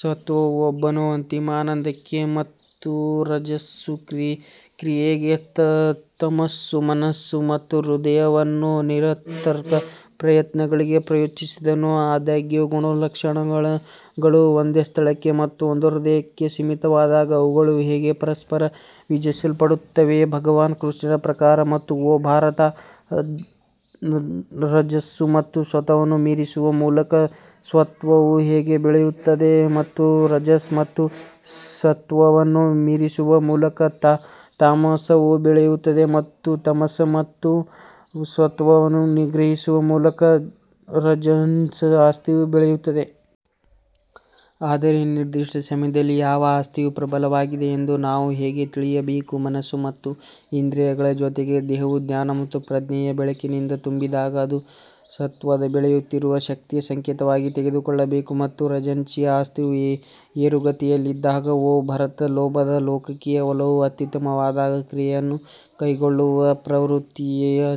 ಸತ್ವವು ಒಬ್ಬನನ್ನು ಅಂತಿಮ ಆನಂದಕ್ಕೆ ಮತ್ತು ರಜಸ್ಸು ಕ್ರಿಯೆಗೆ ತಮಸ್ಸು ಮನಸ್ಸು ಮತ್ತು ಹೃದಯವನ್ನು ನಿರರ್ಥಕ ಪ್ರಯತ್ನಗಳಿಗೆ ಪ್ರಚೋದಿಸುತ್ತದೆ. ಆದಾಗ್ಯೂ ಗುಣಲಕ್ಷಣಗಳು ಒಂದೇ ಸ್ಥಳಕ್ಕೆ ಮತ್ತು ಒಂದು ಹೃದಯಕ್ಕೆ ಸೀಮಿತವಾದಾಗ ಅವುಗಳು ಹೇಗೆ ಪರಸ್ಪರ ವಿಭಜಿಸಲ್ಪಡುತ್ತವೆ ಭಗವಾನ್ ಕೃಷ್ಣನ ಪ್ರಕಾರ ಮತ್ತು ಓ ಭಾರತಾ, ರಜಸ್ಸು ಮತ್ತು ಸತ್ವವನ್ನು ಮೀರಿಸುವ ಮೂಲಕ ಸತ್ವವು ಹೇಗೆ ಬೆಳೆಯುತ್ತದೆ ಮತ್ತು ರಜಸ್ ಮತ್ತು ಸತ್ವವನ್ನು ಮೀರಿಸುವ ಮೂಲಕ ತಾಮಸವು ಬೆಳೆಯುತ್ತದೆ ಮತ್ತು ತಮಸ್ ಮತ್ತು ಸತ್ವವನ್ನು ನಿಗ್ರಹಿಸುವ ಮೂಲಕ ರಜಸ್ನ ಆಸ್ತಿಯು ಬೆಳೆಯುತ್ತದೆ. ಆದರೆ ನಿರ್ದಿಷ್ಟ ಸಮಯದಲ್ಲಿ ಯಾವ ಆಸ್ತಿಯು ಪ್ರಬಲವಾಗಿದೆ ಎಂದು ನಾವು ಹೇಗೆ ತಿಳಿಯಬೇಕು ಮನಸ್ಸು ಮತ್ತು ಇಂದ್ರಿಯಗಳ ಜೊತೆಗೆ ದೇಹವು ಜ್ಞಾನ ಮತ್ತು ಪ್ರಜ್ಞೆಯ ಬೆಳಕಿನಿಂದ ತುಂಬಿದಾಗ ಅದು ಸತ್ವದ ಬೆಳೆಯುತ್ತಿರುವ ಶಕ್ತಿಯ ಸಂಕೇತವಾಗಿ ತೆಗೆದುಕೊಳ್ಳಬೇಕು. ಮತ್ತು ರಜಸ್ಸಿನ ಆಸ್ತಿಯು ಏರುಗತಿಯಲ್ಲಿದ್ದಾಗ ಓ ಭರತ ಲೋಭದ ಲೌಕಿಕ ಒಲವು ಅತ್ಯುತ್ತಮವಾದಾಗ ಕ್ರಿಯೆಯನ್ನು ಕೈಗೊಳ್ಳುವ ಪ್ರವೃತ್ತಿಯು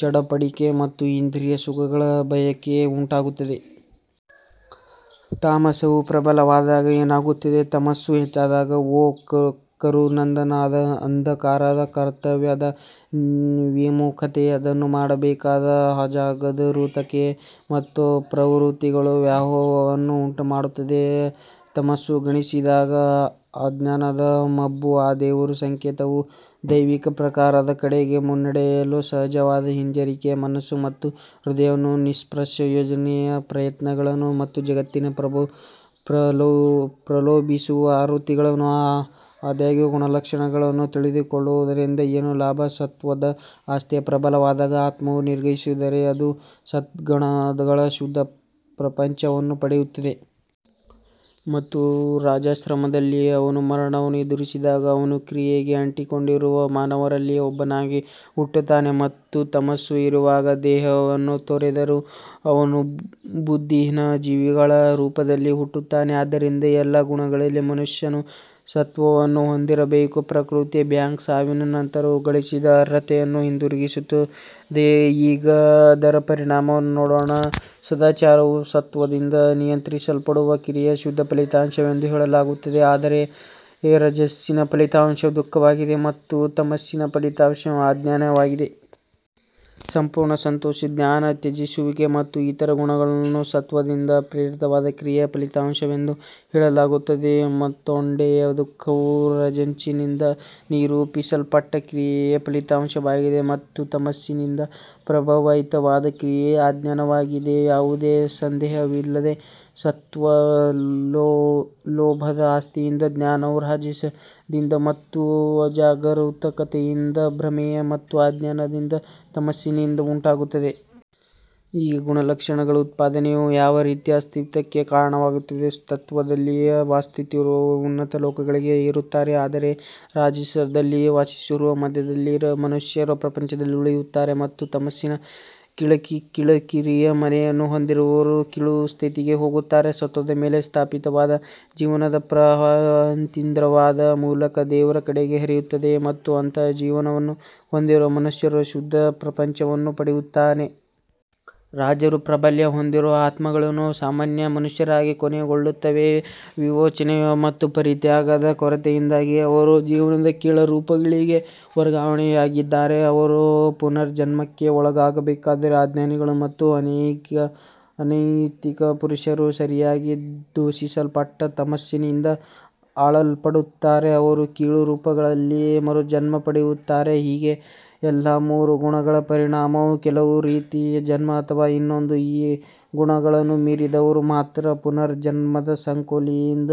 ಚಡಪಡಿಕೆ ಮತ್ತು ಇಂದ್ರಿಯ ಸುಖಗಳ ಬಯಕೆ ಉಂಟಾಗುತ್ತದೆ. ತಾಮಸವು ಪ್ರಬಲವಾದಾಗ ಏನಾಗುತ್ತದೆ ತಮಸ್ಸು ಹೆಚ್ಚಾದಾಗ ಓ ಕುರುನಂದನ್ ಅಂಧಕಾರದ ಕರ್ತವ್ಯದ ವಿಮುಖತೆ, ಅದನ್ನು ಮಾಡಬೇಕಾದ ಅಜಾಗರೂಕತೆ ಮತ್ತು ಪ್ರವೃತ್ತಿಗಳು ವ್ಯಾಮೋಹವನ್ನು ಉಂಟುಮಾಡುತ್ತವೆ. ತಮಸ್ಸು ಗುಣಿಸಿದಾಗ ಅಜ್ಞಾನದ ಮಬ್ಬು ಅ ದೇವರ ಸಂಕೇತವು ದೈವಿಕ ಪ್ರಕಾಶದ ಕಡೆಗೆ ಮುನ್ನಡೆಯಲು ಸಹಜವಾದ ಹಿಂಜರಿಕೆ, ಮನಸ್ಸು ಮತ್ತು ಹೃದಯದ ನಿಷ್ಪ್ರಯೋಜಕ ಪ್ರಯತ್ನಗಳು ಮತ್ತು ಜಗತ್ತಿಗೆ ಪ್ರಲೋಭಿಸುವ ಪ್ರವೃತ್ತಿಗಳು ಆದಾಗ್ಯೂ ಗುಣಲಕ್ಷಣಗಳನ್ನು ತಿಳಿದುಕೊಳ್ಳುವುದರಿಂದ ಏನು ಲಾಭ ಸತ್ತ್ವದ ಆಸ್ತಿಯು ಪ್ರಬಲವಾದಾಗ ಆತ್ಮವು ನಿರ್ಗಮಿಸಿದರೆ ಅದು ಸದ್ಗುಣಗಳ ಶುದ್ಧ ಪ್ರಪಂಚವನ್ನು ಪಡೆಯುತ್ತದೆ. ಮತ್ತು ರಾಜಾಶ್ರಯದಲ್ಲಿ ಅವನು ಮರಣವನ್ನು ಎದುರಿಸಿದರೆ ಅವನು ಕ್ರಿಯೆಗೆ ಅಂಟಿಕೊಂಡಿರುವ ಮಾನವರಲ್ಲಿ ಒಬ್ಬನಾಗಿ ಹುಟ್ಟುತ್ತಾನೆ ಮತ್ತು ತಮಸ್ಸು ಇರುವಾಗ ದೇಹವನ್ನು ತೊರೆದರೆ ಅವನು ಬುದ್ಧಿಹೀನ ಜೀವಿಗಳ ರೂಪದಲ್ಲಿ ಹುಟ್ಟುತ್ತಾನೆ. ಆದ್ದರಿಂದ ಎಲ್ಲಾ ಗುಣಗಳಲ್ಲಿ ಮನುಷ್ಯನು ಸತ್ವವನ್ನು ಹೊಂದಿರಬೇಕು ಪ್ರಕೃತಿಯ ಬ್ಯಾಂಕ್ ಸಾವಿನ ನಂತರವೂ ಗಳಿಸಿದ ಅರ್ಹತೆಯನ್ನು ಹಿಂದಿರುಗಿಸುತ್ತದೆ ಈಗ ಅದರ ಪರಿಣಾಮವನ್ನು ನೋಡೋಣ ಸದಾಚಾರವು ಸತ್ತ್ವದಿಂದ ನಿಯಂತ್ರಿಸಲ್ಪಡುವ ಕ್ರಿಯೆಯ ಶುದ್ಧ ಫಲಿತಾಂಶವೆಂದು ಹೇಳಲಾಗುತ್ತದೆ ಆದರೆ ರಜಸ್ಸಿನ ಫಲಿತಾಂಶವು ದುಃಖವಾಗಿದೆ ಮತ್ತು ತಮಸ್ಸಿನ ಫಲಿತಾಂಶವು ಅಜ್ಞಾನವಾಗಿದೆ. ಸಂಪೂರ್ಣ ಸಂತೋಷ ಜ್ಞಾನ ತ್ಯಜಿಸುವಿಕೆ ಮತ್ತು ಇತರ ಗುಣಗಳು ಸತ್ವದಿಂದ ಪ್ರೇರಿತವಾದ ಕ್ರಿಯೆಯ ಫಲಿತಾಂಶವೆಂದು ಹೇಳಲಾಗುತ್ತದೆ. ಮತ್ತೊಂದೆಡೆ ದುಃಖವು ರಜಸ್ಸಿನಿಂದ ನಿರೂಪಿಸಲ್ಪಟ್ಟ ಕ್ರಿಯೆಯ ಫಲಿತಾಂಶವಾಗಿದೆ ಮತ್ತು ತಮಸ್ಸಿನಿಂದ ಪ್ರಭಾವಿತವಾದ ಕ್ರಿಯೆಯ ಅಜ್ಞಾನವಾಗಿದೆ. ಯಾವುದೇ ಸಂದೇಹವಿಲ್ಲದೆ ಸತ್ತ್ವ ಲೋಭದ ಆಸ್ತಿಯಿಂದ ಜ್ಞಾನವು ರಾಜಸದಿಂದ ಮತ್ತು ಅಜಾಗರೂಕತೆಯಿಂದ ಭ್ರಮೆ ಮತ್ತು ಅಜ್ಞಾನದಿಂದ ತಮಸ್ಸಿನಿಂದ ಉಂಟಾಗುತ್ತದೆ. ಈ ಗುಣಲಕ್ಷಣಗಳ ಉತ್ಪಾದನೆಯು ಯಾವ ರೀತಿಯ ಅಸ್ತಿತ್ವಕ್ಕೆ ಕಾರಣವಾಗುತ್ತದೆ ಸತ್ತ್ವದಲ್ಲಿ ವಾಸಿಸುವವರು ಉನ್ನತ ಲೋಕಗಳಿಗೆ ಏರುತ್ತಾರೆ ಆದರೆ ರಾಜಸದಲ್ಲಿ ವಾಸಿಸುವವರು ಮಧ್ಯದಲ್ಲಿ ಮನುಷ್ಯರ ಪ್ರಪಂಚದಲ್ಲಿ ಉಳಿಯುತ್ತಾರೆ ಮತ್ತು ತಮಸ್ಸಿನ ಕೀಳರಿಮೆಯನ್ನು ಹೊಂದಿರುವವರು ಕೀಳು ಸ್ಥಿತಿಗೆ ಹೋಗುತ್ತಾರೆ. ಸತ್ವದ ಮೇಲೆ ಸ್ಥಾಪಿತವಾದ ಜೀವನದ ಪ್ರವಾಹವು ಅತೀಂದ್ರಿಯವಾದ ಮೂಲ ದೇವರ ಕಡೆಗೆ ಹರಿಯುತ್ತದೆ ಮತ್ತು ಅಂತಹ ಜೀವನವನ್ನು ಹೊಂದಿರುವ ಮನುಷ್ಯನು ಶುದ್ಧ ಪ್ರಪಂಚವನ್ನು ಪಡೆಯುತ್ತಾನೆ. ರಾಜರ ಪ್ರಾಬಲ್ಯ ಹೊಂದಿರುವ ಆತ್ಮಗಳು ಸಾಮಾನ್ಯ ಮನುಷ್ಯರಾಗಿ ಕೊನೆಗೊಳ್ಳುತ್ತವೆ ವಿವೇಚನೆ ಮತ್ತು ಪರಿತ್ಯಾಗದ ಕೊರತೆಯಿಂದಾಗಿ ಅವರು ಜೀವನದ ಕೆಳ ರೂಪಗಳಿಗೆ ವರ್ಗಾವಣೆಯಾಗದಿದ್ದರೂ ಅವರು ಪುನರ್ಜನ್ಮಕ್ಕೆ ಒಳಗಾಗಬೇಕಾಗುತ್ತದೆ ಅಜ್ಞಾನಿಗಳು ಮತ್ತು ಅನೈತಿಕ ಪುರುಷರು ಸರಿಯಾಗಿ ದೂಷಿಸಲ್ಪಟ್ಟ ತಮಸ್ಸಿನಿಂದ ಆಳಲ್ಪಡುತ್ತಾರೆ ಅವರು ಕೀಳು ರೂಪಗಳಲ್ಲಿ ಮರುಜನ್ಮ ಪಡೆಯುತ್ತಾರೆ. ಹೀಗೆ ಎಲ್ಲಾ ಮೂರು ಗುಣಗಳ ಪರಿಣಾಮವು ಕೆಲವು ರೀತಿಯ ಜನ್ಮ ಅಥವಾ ಇನ್ನೊಂದು ಈ ಗುಣಗಳನ್ನು ಮೀರಿದವರು ಮಾತ್ರ ಪುನರ್ಜನ್ಮದ ಸಂಕೋಲೆಯಿಂದ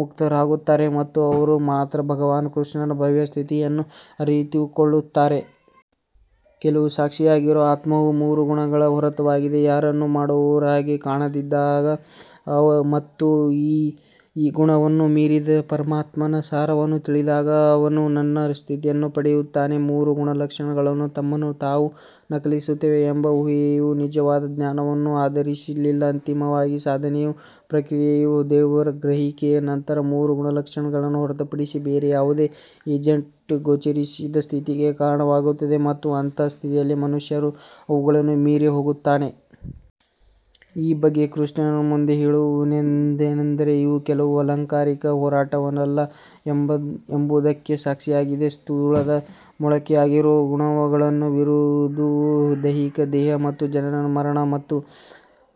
ಮುಕ್ತರಾಗುತ್ತಾರೆ ಮತ್ತು ಅವರು ಮಾತ್ರ ಭಗವಾನ್ ಕೃಷ್ಣನ ಭವ್ಯ ಸ್ಥಿತಿಯನ್ನು ಅರಿತುಕೊಳ್ಳುತ್ತಾರೆ. ಕೇವಲ ಸಾಕ್ಷಿಯಾಗಿರುವ ಆತ್ಮವು ಮೂರು ಗುಣಗಳ ಹೊರತಾಗಿ ಯಾರನ್ನೂ ಮಾಡುವವರಾಗಿ ಕಾಣದಿದ್ದಾಗ ಮತ್ತು ಈ ಗುಣಗಳನ್ನು ಮೀರಿದ ಪರಮಾತ್ಮನ ಸಾರವನ್ನು ತಿಳಿದಾಗ ಅವನು ನನ್ನ ಸ್ಥಿತಿಯನ್ನು ಪಡೆಯುತ್ತಾನೆ. ಮೂರು ಗುಣಲಕ್ಷಣಗಳು ತಮ್ಮನ್ನು ತಾವು ನಕಲಿಸುತ್ತವೆ ಎಂಬ ಊಹೆಯು ನಿಜವಾದ ಜ್ಞಾನವನ್ನು ಆಧರಿಸಿಲ್ಲ ಅಂತಿಮವಾಗಿ ಸಾಧನೆಯ ಪ್ರಕ್ರಿಯೆಯು ದೇವರ ಗ್ರಹಿಕೆಯ ನಂತರ ಮೂರು ಗುಣಲಕ್ಷಣಗಳನ್ನು ಹೊರತುಪಡಿಸಿ ಬೇರೆ ಯಾವುದೇ ಏಜೆಂಟ್ ಗೋಚರಿಸದ ಸ್ಥಿತಿಗೆ ಕಾರಣವಾಗುತ್ತದೆ ಮತ್ತು ಅಂತಹ ಸ್ಥಿತಿಯಲ್ಲಿ ಮನುಷ್ಯನು ಅವುಗಳನ್ನು ಮೀರಿ ಹೋಗುತ್ತಾನೆ. ಈ ಬಗ್ಗೆ ಶ್ರೀಕೃಷ್ಣನು ಮುಂದೆ ಹೇಳುವುದೇನೆಂದರೆ ಇದು ಕೇವಲ ಅಲಂಕಾರಿಕ ಹಾರಾಟವಲ್ಲ ಎಂಬುದಕ್ಕೆ ಸಾಕ್ಷಿಯಾಗಿದೆ ಸ್ಥೂಲದ ಮೊಳಕೆಯಾಗಿರುವ ಗುಣಗಳನ್ನು ಮೀರುವುದು ದೈಹಿಕ ದೇಹ ಮತ್ತು ಜನನ ಮರಣ ಮತ್ತು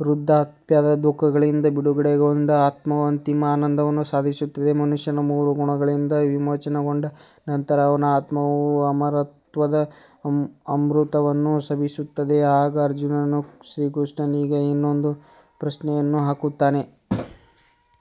ವೃದ್ಧಾಪ್ಯದ ದುಃಖಗಳಿಂದ ಬಿಡುಗಡೆಗೊಂಡ ಆತ್ಮವು ಅಂತಿಮ ಆನಂದವನ್ನು ಸಾಧಿಸುತ್ತದೆ ಮನುಷ್ಯ ಮೂರು ಗುಣಗಳಿಂದ ವಿಮೋಚನೆಗೊಂಡ ನಂತರ ಅವನ ಆತ್ಮವು ಅಮರತ್ವದ ಅಮೃತವನ್ನು ಸವಿಯುತ್ತದೆ ಆಗ ಅರ್ಜುನನು ಶ್ರೀಕೃಷ್ಣನಿಗೆ ಇನ್ನೊಂದು ಪ್ರಶ್ನೆಯನ್ನು ಹಾಕುತ್ತಾನೆ.